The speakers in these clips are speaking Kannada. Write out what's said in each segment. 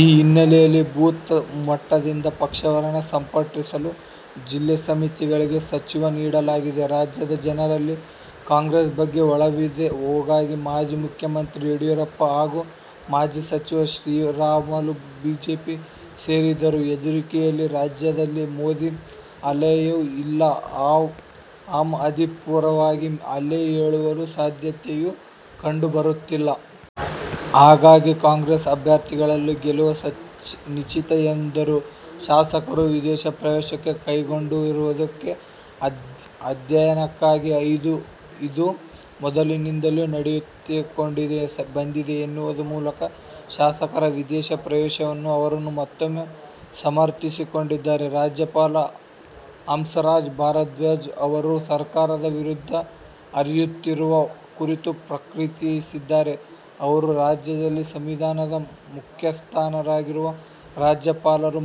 ಈ ಹಿನ್ನೆಲೆಯಲ್ಲಿ ಬೂತ್ ಮಟ್ಟದಿಂದ ಪಕ್ಷವನ್ನು ಸಂಘಟಿಸಲು ಜಿಲ್ಲಾ ಸಮಿತಿಗಳಿಗೆ ಸೂಚನೆ ನೀಡಲಾಗಿದೆ. ರಾಜ್ಯದ ಜನರಲ್ಲಿ ಕಾಂಗ್ರೆಸ್ ಬಗ್ಗೆ ಒಲವಿದೆ. ಹಾಗಾಗಿ, ಮಾಜಿ ಮುಖ್ಯಮಂತ್ರಿ ಯಡಿಯೂರಪ್ಪ ಹಾಗೂ ಮಾಜಿ ಸಚಿವ ಶ್ರೀರಾಮುಲು ಬಿಜೆಪಿ ಸೇರಿದರೂ ಹೆದರಿಕೆಯಿಲ್ಲ. ರಾಜ್ಯದಲ್ಲಿ ಮೋದಿ ಅಲೆಯೂ ಇಲ್ಲ, ಆಮ್ ಆದ್ಮಿ ಪರವಾಗಿ ಅಲೆ ಏಳುವ ಸಾಧ್ಯತೆಯೂ ಕಂಡು ಬರುತ್ತಿಲ್ಲ. ಹಾಗಾಗಿ, ಕಾಂಗ್ರೆಸ್ ಅಭ್ಯರ್ಥಿಗಳ ಗೆಲುವು ನಿಶ್ಚಿತ ಎಂದರು. ಶಾಸಕರು ವಿದೇಶ ಪ್ರವಾಸ ಕೈಗೊಂಡಿರುವುದು ಅಧ್ಯಯನಕ್ಕಾಗಿ. ಇದು ಮೊದಲಿನಿಂದಲೂ ನಡೆದುಕೊಂಡು ಬಂದಿದೆ ಎನ್ನುವ ಮೂಲಕ ಶಾಸಕರ ವಿದೇಶ ಪ್ರವಾಸವನ್ನು ಅವರು ಮತ್ತೂಮ್ಮೆ ಸಮರ್ಥಿಸಿಕೊಂಡರು. ರಾಜ್ಯಪಾಲ ಹಂಸರಾಜ್ ಭಾರಧ್ವಾಜ್ ಅವರು ಸರ್ಕಾರದ ವಿರುದ್ಧ ಹರಿಹಾಯುತ್ತಿರುವ ಕುರಿತು ಪ್ರತಿಕ್ರಿಯಿಸಿದ ಅವರು, ರಾಜ್ಯದಲ್ಲಿ ಸಂವಿಧಾನದ ಮುಖ್ಯಸ್ಥರಾಗಿರುವ ರಾಜ್ಯಪಾಲರು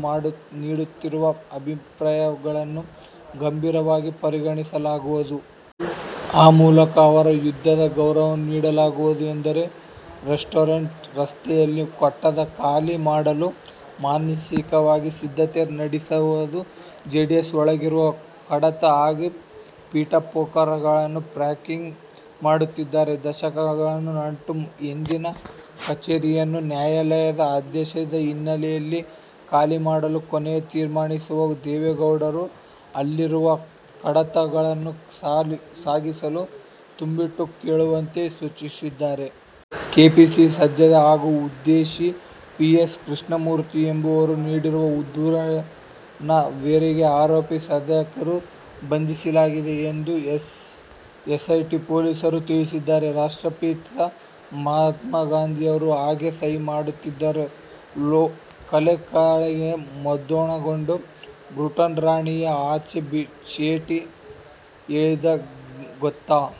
ನೀಡುತ್ತಿರುವ ಅಭಿಪ್ರಾಯಗಳನ್ನು ಗಂಭೀರವಾಗಿ ಪರಿಗಣಿಸಲಾಗುವುದು. ಆ ಮೂಲಕ ಅವರ ಹುದ್ದೆಗೆ ಗೌರವ ನೀಡಲಾಗುವುದು ಎಂದರು. ರೇಸ್ಕೋರ್ಸ್ ರಸ್ತೆಯಲ್ಲಿರುವ ಕಟ್ಟಡ ಖಾಲಿ ಮಾಡಲು ಮಾನಸಿಕವಾಗಿ ಸಿದ್ಧತೆ ನಡೆಸಿರುವ ಜೆಡಿಎಸ್ ಒಳಗಿರುವ ಕಡತ ಹಾಗೂ ಪೀಠೊಪಕರಣಗಳ "ಪ್ಯಾಕಿಂಗ್' ಮಾಡುತ್ತಿದೆ. ದಶಕಗಳ ನಂಟು ಹೊಂದಿದ್ದ ಕಚೇರಿಯನ್ನು ನ್ಯಾಯಾಲಯದ ಆದೇಶದ ಹಿನ್ನೆಲೆಯಲ್ಲಿ ಖಾಲಿ ಮಾಡಲು ಕೊನೆಗೂ ತೀರ್ಮಾನಿಸಿರುವ ದೇವೇಗೌಡರು, ಅಲ್ಲಿರುವ ಕಡತಗಳನ್ನು ಸಾಗಿಸಲು ತುಂಬಿಟ್ಟು ಕೊಳ್ಳುವಂತೆ ಸೂಚಿಸಿದ್ದಾರೆ. ಕೆಪಿಸಿಸಿ ಸದಸ್ಯ ಹಾಗೂ ಉದ್ಯಮಿ ಪಿ. ಎನ್. ಕೃಷ್ಣಮೂರ್ತಿ ಎಂಬುವರು ನೀಡಿರುವ ದೂರಿನ ಮೇರೆಗೆ ಆರೋಪಿ ಸಾದಿಕ್ನನ್ನು ಬಂಧಿಸಲಾಗಿದೆ ಎಂದು ಎಸ್ಐಟಿ ಪೊಲೀಸರು ತಿಳಿಸಿದ್ದಾರೆ. ರಾಷ್ಟ್ರಪಿತ ಮಹಾತ್ಮ ಗಾಂಧಿ ಅವರು ಹೇಗೆ ಸಹಿ ಮಾಡುತ್ತಿದ್ದರು? ತಲೆಕೆಳಗಾಗಿ ಮುದ್ರಣಗೊಂಡ ಬ್ರಿಟನ್ ರಾಣಿಯ ಅಂಚೆ ಚೀಟಿ ಹೇಗಿದೆ ಗೊತ್ತಾ?